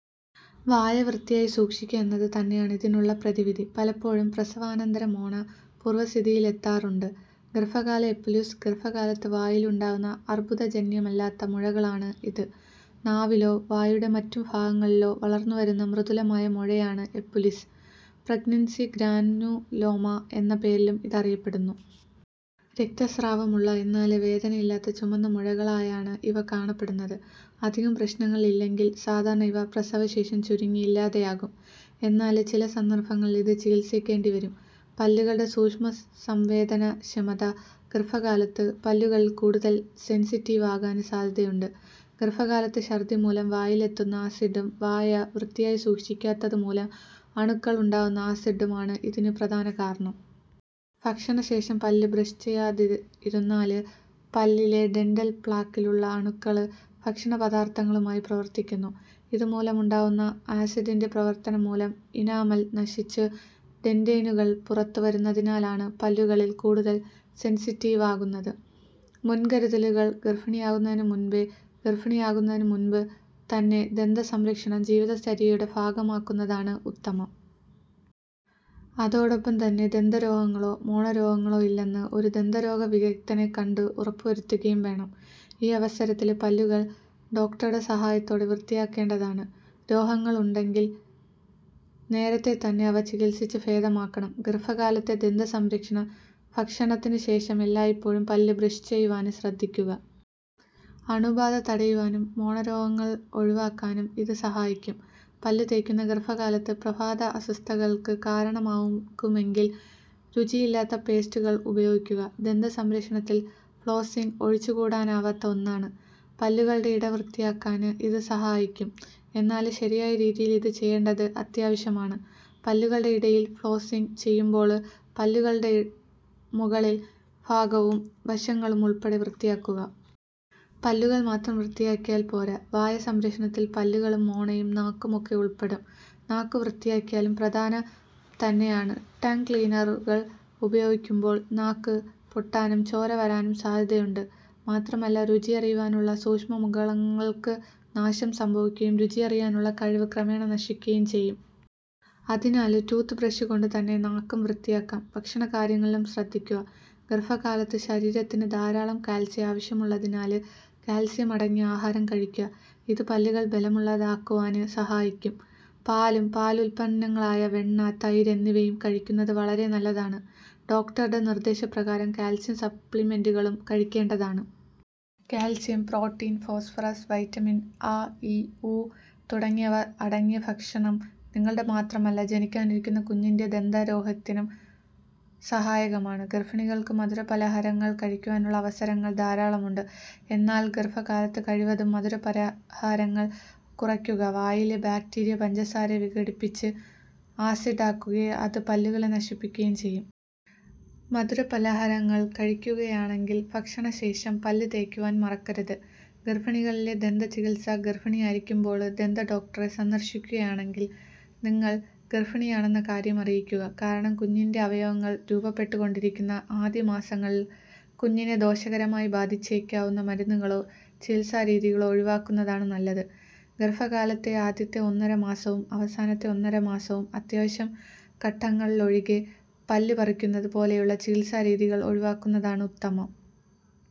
വായ വൃത്തിയായി സൂക്ഷിക്കുക എന്നത് തന്നെയാണ് ഇതിനുള്ള പ്രതിവിധി. പലപ്പോഴും പ്രസവാനന്തരം മോണ പൂര്വ്വസ്ഥിതിയില് എത്താറുണ്ട്. ഗര്ഭകാല എപുലിസ് ഗര്ഭകാലത്ത് വായില് ഉണ്ടാകുന്ന അര്ബുദജന്യമല്ലാത്ത മുഴകളാണ് ഇത്. നാവിലോ വായുടെ മറ്റു ഭാഗങ്ങളിലോ വളര്ന്നുവരുന്ന മൃദുലമായ മുഴയാണ് എപുലിസ്. പ്രഗ്നന്സി ഗ്രാനുലോമ എന്ന പേരിലും ഇതറിയപ്പെടുന്നു. രക്തസ്രാവമുള്ള, എന്നാല് വേദനയില്ലാത്ത ചുമന്ന മുഴകളായാണ് ഇവ കാണപ്പെടുന്നത്. അധികം പ്രശ്നങ്ങള് ഇല്ലെങ്കില് സാധാരണ ഇവ പ്രസവശേഷം ചുരുങ്ങി ഇല്ലാതെയാകും. എന്നാല് ചില സന്ദര്ഭങ്ങളില് ഇത് ചികിത്സിക്കേണ്ടി വരും. പല്ലുകളുടെ സൂക്ഷ്മസംവേദനക്ഷമത ഗര്ഭകാലത്ത് പല്ലുകള് കൂടുതല് സെന്സിറ്റീവ് ആകാന് സാധ്യതയുണ്ട്. ഗര്ഭകാലത്തെ ചര്ദ്ദി മൂലം വായിലെത്തുന്ന ആസിഡും വായ വൃത്തിയായി സൂക്ഷിക്കാത്തത് മൂലം അണുക്കള് ഉണ്ടാക്കുന്ന ആസിഡും ആണ് ഇതിനു പ്രധാന കാരണം. ഭക്ഷണശേഷം പല്ല് ബ്രഷ് ചെയ്യതെയിരുന്നാല് പല്ലിലെ ഡെന്റല് പ്ലാക്കിലുള്ള അണുക്കള് ഭക്ഷണപദാര്ഥങ്ങളുമായി പ്രവര്ത്തിക്കുന്നു. ഇതുമൂലമുണ്ടാകുന്ന ആസിഡിന്റെ പ്രവര്ത്തനം മൂലം ഇനാമല് നശിച്ചു ഡെന്റിനുകള് പുറത്തു വരുന്നതിനാലാണ് പല്ലുകള് കൂടുതല് സെന്സിറ്റീവ് ആകുന്നത്. മുന്കരുതലുകള് ഗര്ഭിണിയാകുന്നതിനു മുന്പേ ഗര്ഭിണിയാകുന്നതിനു മുന്പ് തന്നെ ദന്ത സംരക്ഷണം ജീവിതചര്യയുടെ ഭാഗമാക്കുന്നതാണ് ഉത്തമം. അതോടൊപ്പം തന്നെ, ദന്ത രോഗങ്ങളോ മോണരോഗങ്ങളോ ഇല്ലെന്നു ഒരു ദന്തരോഗ വിദഗ്ധനെ കണ്ടു ഉറപ്പു വരുത്തുകയും വേണം. ഈ അവസരത്തില് പല്ലുകള് ഡോക്ടറുടെ സഹായത്തോടെ വൃത്തിയാക്കേണ്ടതാണ്. രോഗങ്ങള് ഉണ്ടെങ്കില് നേരത്തെ തന്നെ അവ ചികിത്സിച്ചു ഭേദമാക്കണം. ഗര്ഭകാലത്തെ ദന്ത സംരക്ഷണം ഭക്ഷണത്തിന് ശേഷം എല്ലായ്പ്പോഴും പല്ല് ബ്രഷ് ചെയ്യുവാന് ശ്രദ്ധിക്കുക. അണുബാധ തടയുവാനും മോണരോഗങ്ങള് ഒഴിവാക്കുവാനും ഇത് സഹായിക്കും. പല്ലുതേയ്ക്കുന്നത് ഗര്ഭകാലത്ത് പ്രഭാത അസ്വസ്ഥതകള്ക്ക് കാരണമാകുമെങ്കില് രുചിയില്ലാത്ത പേസ്റ്റുകള് ഉപയോഗിക്കുക. ദന്ത സംരക്ഷണത്തില് ഫ്ലോസ്സിങ് ഒഴിച്ചുകൂടാനാവാത്ത ഒന്നാണ്. പല്ലുകളുടെ ഇട വൃത്തായാക്കാന് ഇത് സഹായിക്കും. എന്നാല് ശരിയായ രീതിയില് ഇത് ചെയ്യേണ്ടത് അത്യാവശ്യമാണ്. പല്ലുകളുടെ ഇടയില് ഫ്ലോസ്സിങ് ചെയ്യുമ്പോള് പല്ലിടകളുടെ മുകള് ഭാഗവും വശങ്ങളും ഉള്പ്പടെ വൃത്തിയാക്കുക. പല്ലുകള് മാത്രം വൃത്തിയാക്കിയാല് പോര. വായ സംരക്ഷണത്തില് പല്ലുകളും, മോണയും, നാക്കും ഒക്കെ ഉള്പ്പെടും. നാക്കു വൃത്തിയാക്കലും പ്രധാനം തന്നെയാണ്. ടങ് ക്ലീനറുകള് ഉപയോഗിക്കുമ്പോള് നാക്ക് പൊട്ടാനും ചോര വരാനും സാധ്യത ഉണ്ട്. മാത്രമല്ല രുചിയറിയുവാനുള്ള സൂക്ഷ്മ മുകളങ്ങള്ക്ക് നാശം സംഭവിക്കുകയും രുചിയറിയാനുള്ള കഴിവ് ക്രമേണ നശിക്കുകയും ചെയ്യും. അതിനാല് ടൂത്ത് ബ്രഷ് കൊണ്ടു തന്നെ നാക്കും വൃത്തിയാക്കാം. ഭക്ഷണകാര്യങ്ങളിലും ശ്രദ്ധിക്കുക. ഗര്ഭ കാലത്ത് ശരീരത്തിന് ധാരാളം കാത്സ്യം ആവശ്യമുള്ളതിനാല് കാത്സ്യം അടങ്ങിയ ആഹാരം കഴിക്കുക. ഇത് പല്ലുകള് ബലമുള്ളതാക്കുവാന് സഹായിക്കും. പാലും പാലുത്പന്നങ്ങളായ വെണ്ണ, തൈര് എന്നിവയും കഴിക്കുന്നത് വളരെ നല്ലതാണ്. ഡോക്ടറുടെ നിര്ദേശ പ്രകാരം കാത്സ്യം സപ്ലിമെന്റുകളും കഴിക്കേണ്ടതാണ്. Calcium, protein, phosphorus, vitamin A, E, ഉ തുടങ്ങിയവ അടങ്ങിയ ഭക്ഷണം നിങ്ങളുടെ മാത്രമല്ല ജനിക്കാനിരിക്കുന്ന കുഞ്ഞിന്റെ ദന്താരോഗ്യത്തിനും സഹായകമാണ്. ഗര്ഭിണികള്ക്ക് മധുര പലഹാരങ്ങള് കഴിക്കാനുള്ള അവസരങ്ങള് ധാരാളമുണ്ട്. എന്നാല്, ഗര്ഭ കാലത്ത് കഴിവതും മധുര പലഹാരങ്ങള് കുറയ്ക്കുക. വായിലെ ബാക്ടീരിയ പഞ്ചസാരയെ വിഘടിപ്പിപ്പിച്ച് ആസിഡ് ആക്കുകയും ഇത് പല്ലുകളെ നശിപ്പിക്കുകയും ചെയ്യും. മധുര പലഹാരങ്ങള് കഴിക്കുകയാണെങ്കില് ഭക്ഷണശേഷം പല്ല് തേയ്ക്കുവാന് മറക്കരുത്. ഗര്ഭിണികളിലെ ദന്ത ചികിത്സ ഗര്ഭിണിയായിരിക്കുമ്പോള് ദന്തഡോക്ടറെ സന്ദര്ശിക്കുകയാണെങ്കില് നിങ്ങള് ഗര്ഭിണിയാണെന്ന കാര്യം അറിയിക്കുക. കാരണം കുഞ്ഞിന്റെ അവയവങ്ങള് രൂപപ്പെട്ടുകൊണ്ടിരിക്കുന്ന ആദ്യ മാസങ്ങളില് കുഞ്ഞിനെ ദോഷകരമായി ബാധിച്ചേക്കാവുന്ന മരുന്നുകളോ ചികിത്സാരീതികളോ ഒഴിവാക്കുന്നതാണ് നല്ലത്. ഗര്ഭകാലത്തെ ആദ്യത്തെ ഒന്നര മാസവും അവസാനത്തെ ഒന്നര മാസവും അത്യാവശ്യ ഘട്ടങ്ങളിലൊഴികെ പല്ല് പറിക്കുന്നത് പോലെയുള്ള ചികിത്സാരീതികള് ഒഴിവാക്കുന്നതാണ് ഉത്തമം.